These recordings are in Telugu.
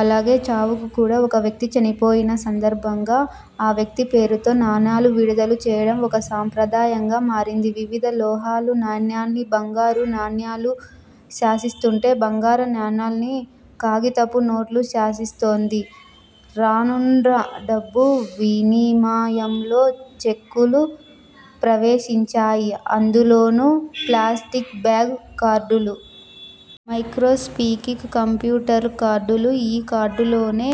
అలాగే చావుకు కూడా. ఒక వ్యక్తి చనిపోయిన సందర్భంగా ఆ వ్యక్తి పేరుతో నాణెలు విడుదల చేయడం ఒక సంప్రదాయంగా మారింది. వివిధ లోహాల నాణెల్ని బంగారు నాణెలు శాసిస్తుంటే, బంగారు నాణాల్ని, కాగితపు నోటు శాసిస్తోంది. రాన్రానూ డబ్బు వినిమయంలో చెక్కులు ప్రవేశించాయి. అందులోనూ ప్లాస్టిక్ బ్యాంక్ కార్డులు. మైక్రోస్కోపిక్ కంప్యూటర్ కార్డులు ఈ కార్డుల్లోనే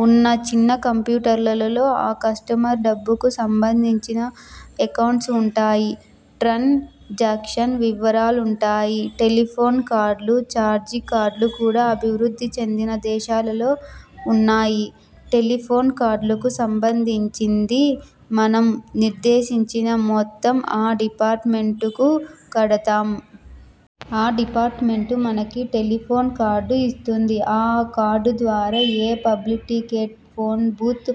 వున్న చిన్న కంప్యూటర్లో, ఆ కస్టమర్ డబ్బుకు సంబంధించిన ఎకౌంట్స్ వుంటాయి. ట్రాన్ జాక్షన్ వివరాలుంటాయి. టెలిఫోన్ కార్డులు, ఛార్జ్ కార్డులు కూడా అభివృద్ధి చెందిన దేశాల్లో వున్నాయి. టెలిఫోన్ కార్డులకు సంబంధించి, మనం నిర్దేశించిన మొత్తం ఆ డిపార్టుమెంటుకు కడతాం. ఆ డిపార్టుమెంటు మనకు టెలిఫోన్ కార్డు ఇస్తుంది. ఆ కార్డుద్వారా ఏ పబ్లిక్ టెలిఫోను బూత్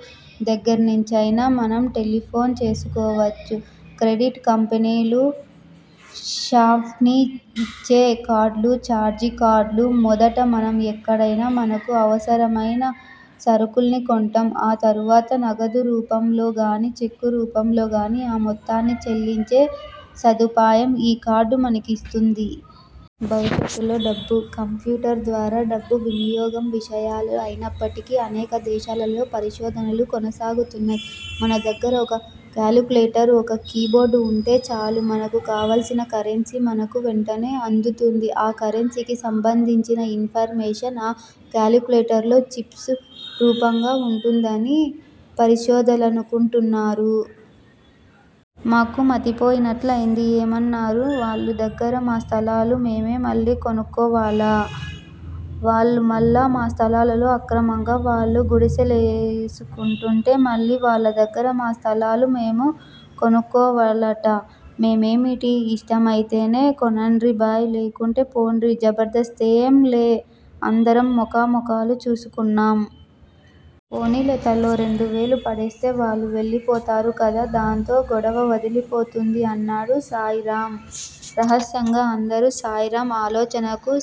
దగ్గర్నించైనా మనం టెలిఫోను చేసుకోవచ్చు. క్రెడిట్ కంపెనీలు, షాప్స్ యిచ్చే కార్డులు ఛార్జ్ కార్డ్ లు. మొదట మనం ఎక్కడైనా మనకు అవసరమైన సరుకుల్ని కొంటాం. ఆ తర్వాత నగదు రూపంలోగానీ, చెక్ రూపంలోగానీ ఆ మొత్తాన్ని చెల్లించే సదుపాయం ఈ కార్డు మనకిస్తుంది. భవిష్యత్తులో డబ్బు: కంప్యూటర్ ద్వారా, డబ్బు వినియోగం విషయంలో యిప్పటికీ అనేక దేశాలలో పరిశోధనలు కొనసాగుతున్నాయి. మన దగ్గర ఒక కాలిక్యులేటరు, ఒక కీ బోర్డు వుంటే చాలు. మనకు కావల్సిన కరెన్సీ మనకు వెంటనే అందుతుంది. ఆ కరెన్సీకి సంబంధించిన ఇన్ ఫర్ మేషన్ ఆ కాలిక్యులేటర్లో చిప్స్ రూపంగా వుంటుందని పరిశోధకులంటున్నారు. మాకు మతిపోయినట్లయింది. ఏమన్నారు? వాళ్ళ దగ్గర మా స్థలాలు మేమే మళ్ళీ కొనుక్కోవాలా? అవ్ మళ్ళా! మా స్థలంలో అక్రమంగా వాళ్ళు గుడిశె లేసుకుంటే మళ్ళీ వాళ్ళ దగ్గర మా స్థలాలు మేము కొనుక్కోవట మేమిటి? ఇష్టమయితేనే కొనండ్రి భాయ్! లేకుంటే పోండ్రి! జబర్ధస్తేం లే అందరం మొఖామొఖాలు చూసుకున్నాం. పోనీలే! తలో రెండు వేలూ పడేస్తే వాళ్ళు వెళ్లిపోతారు కదా! దాంతో గొడవ వదిలిపోతుంది అన్నాడు శాయిరామ్ రహస్యంగా. అందరూ శాయిరామ్ ఆలోచనకు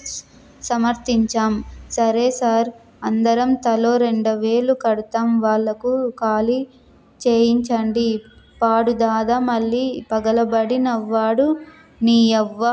సమర్ధించాం. సరే సార్! అందరం తలో రెండువేలూ కడతాం! వాళ్ళకు ఖాళీ చేయించండి పాండూ దాదా మళ్ళీ పగలబడి నవ్వాడు. నీయవ్వ!